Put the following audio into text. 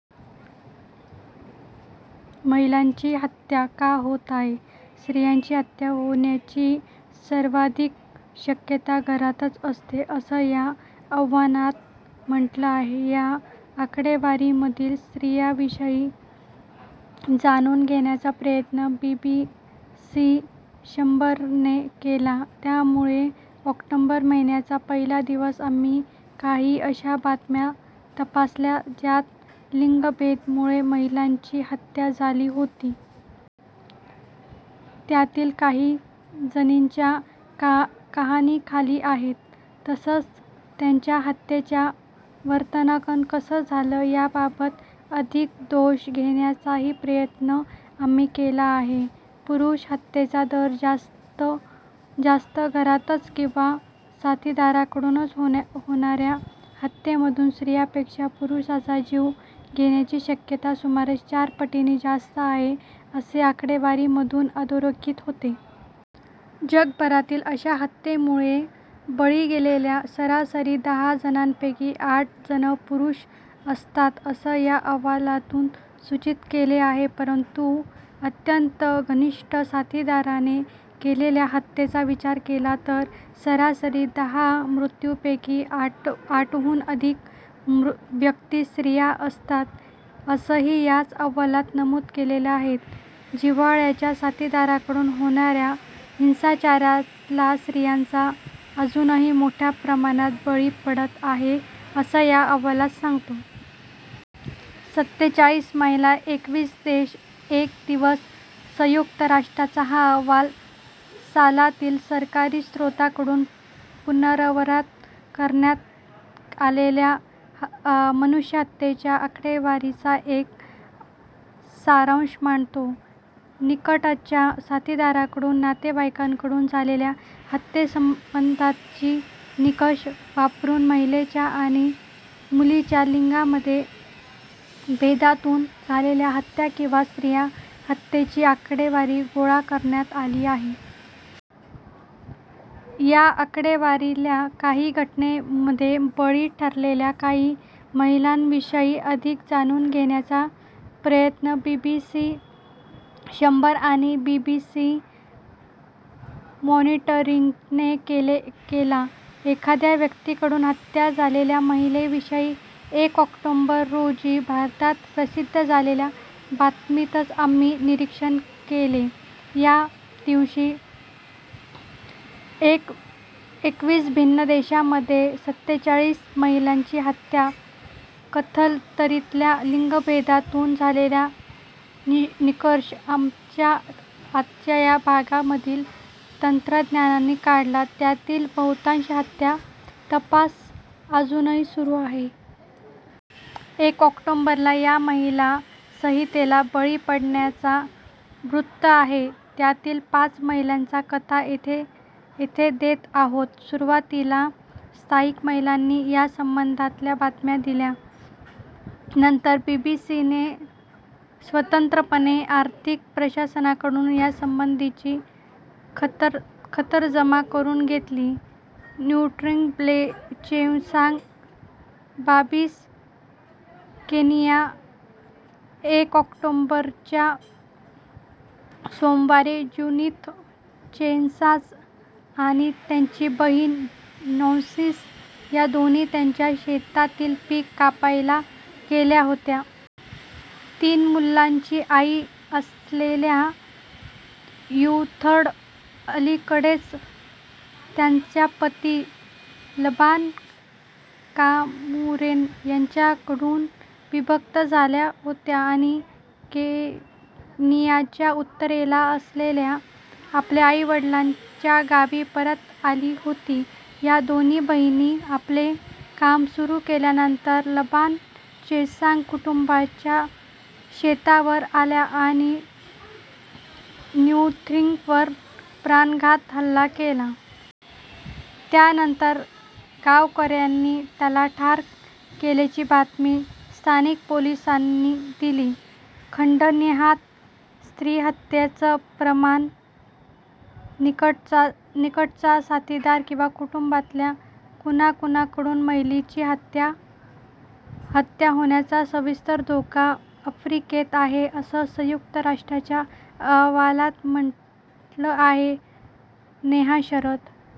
महिलांच्या हत्या का होत आहेत स्त्रियांची हत्या होण्याची सर्वाधिक शक्यता घरातच असते, असं या अहवालात म्हटलं आहे. या आकडेवारीमागील स्त्रियांविषयी जाणून घेण्याचा प्रयत्न बीबीसी शंभरने केला त्यामुळे ऑक्टोबर महिन्याच्या पहिल्या दिवशी आम्ही काही अशा बातम्या तपासल्या ज्यात लिंगभेदामुळे महिलांची हत्या झाली होती. त्यातील काही जणींच्या कहाण्या खाली आहेत. तसंच त्यांच्या हत्येचं वार्तांकन कसं झालं, याबद्दल अधिक शोध घेण्याचाही प्रयत्न आम्ही केला आहे. पुरुष हत्यांचा दर जास्तच घरातल्याच किंवा साथीदाराकडून होणाऱ्या हत्यांमध्ये स्त्रियांपेक्षा पुरुषांचा जीव जाण्याची शक्यता सुमारे चार पटींनी जास्त आहे, असं आकडेवारीमधून अधोरेखित होतं. जगभरातील अशा हत्यांमध्ये बळी गेलेल्या सरासरी दहा जणांपैकी आठ जण पुरुष असतात, असं या अहवालात सूचित केलं आहे परंतु, अत्यंत घनिष्ठ साथीदाराने केलेल्या हत्यांचा विचार केला तर सरासरी दहा मृतांपैकी आठहून अधिक व्यक्ती स्त्रिया असतात, असंही याच अहवालात नमूद केलेलं आहे जिव्हाळ्याच्या साथीदाराकडून होणाऱ्या हिंसाचाराला स्त्रिया अजूनही मोठ्या प्रमाणात बळी पडत आहेत, असं हा अहवाल सांगतो. सत्तेचाळीस महिला, एकवीस देश, एक दिवस संयुक्त राष्ट्रांचा हा अहवाल सालातील सरकारी स्त्रोतांकडून पुरवण्यात आलेल्या मनुष्यहत्येच्या आकडेवारीचा एक सारांश मांडतो निकटच्या साथीदाराकडून नातेवाईकाकडून झालेल्या हत्यांसंबंधीचे निकष वापरून महिलांच्या आणि मुलींच्या लिंगभेदातून झालेल्या हत्या किंवा स्त्री हत्यांची आकडेवारी गोळा करण्यात आली आहे. या आकडेवारील्या काही घटनांमध्ये बळी ठरलेल्या काही महिलांविषयी अधिक जाणून घेण्याचा प्रयत्न बीबीसी शंभर आणि बीबीसी मॉनिटरिंगने केला एखाद्या व्यक्तीकडून हत्या झालेल्या महिलांविषयी एक ऑक्टोबर रोजी भारतात प्रसिद्ध झालेल्या बातम्यांचं आम्ही निरीक्षण केलं त्या दिवशी एकवीस भिन्न देशांमधील सत्तेचाळीस महिलांची हत्या कथितरीत्या लिंगभेदातून झाल्याचा निष्कर्ष आमच्या त्यात्या भागांमधील तज्ज्ञांनी काढला यातील बहुतांश हत्यांचा तपास अजूनही सुरू आहे. एक ऑक्टोबरला या महिला हिंसेला बळी पडल्याचं वृत्त आहे यातील पाच महिलांच्या कथा इथे देत आहोत सुरुवातीला स्थानिक माध्यमांनी यासंबंधीच्या बातम्या दिल्यानंतर बीबीसीने स्वतंत्रपणे स्थानिक प्रशासनाकडून यासंबंधीची खातरजमा करून घेतली. ज्युडिथ चेसांग, बावीस केनिया एक ऑक्टोबरच्या सोमवारी ज्युडिथ चेसांग आणि तिची बहीण नॅन्सी या दोघी त्यांच्या शेतातील पीक कापायला गेल्या होत्या। तीन मुलांची आई असलेल्या ज्युडिथ अलीकडेच त्यांच्या पती लबान कामुरेन यांच्यापासून विभक्त झाल्या होत्या, आणि केनियाच्या उत्तरेला असलेल्या आपल्या आईवडिलांच्या गावी परत आली होत्या. या दोघी बहिणींनी आपलं काम सुरू केल्यानंतर लबान चेसांग कुटुंबाच्या शेतावर आला आणि ज्युडिथवर प्राणघातक हल्ला केला. त्यानंतर गावकऱ्यांनी त्याला ठार केल्याची माहिती स्थानिक पोलिसांनी दिली. खंडनिहाय स्त्रीहत्यांचं प्रमाण निकटचा साथीदार किंवा कुटुंबातल्या कुणाकडूनच महिलांची हत्या होण्याचा सर्वाधिक धोका आफ्रिकेत आहे, असं संयुक्त राष्ट्रांच्या अहवालात म्हटलं आहे. नेहा शरद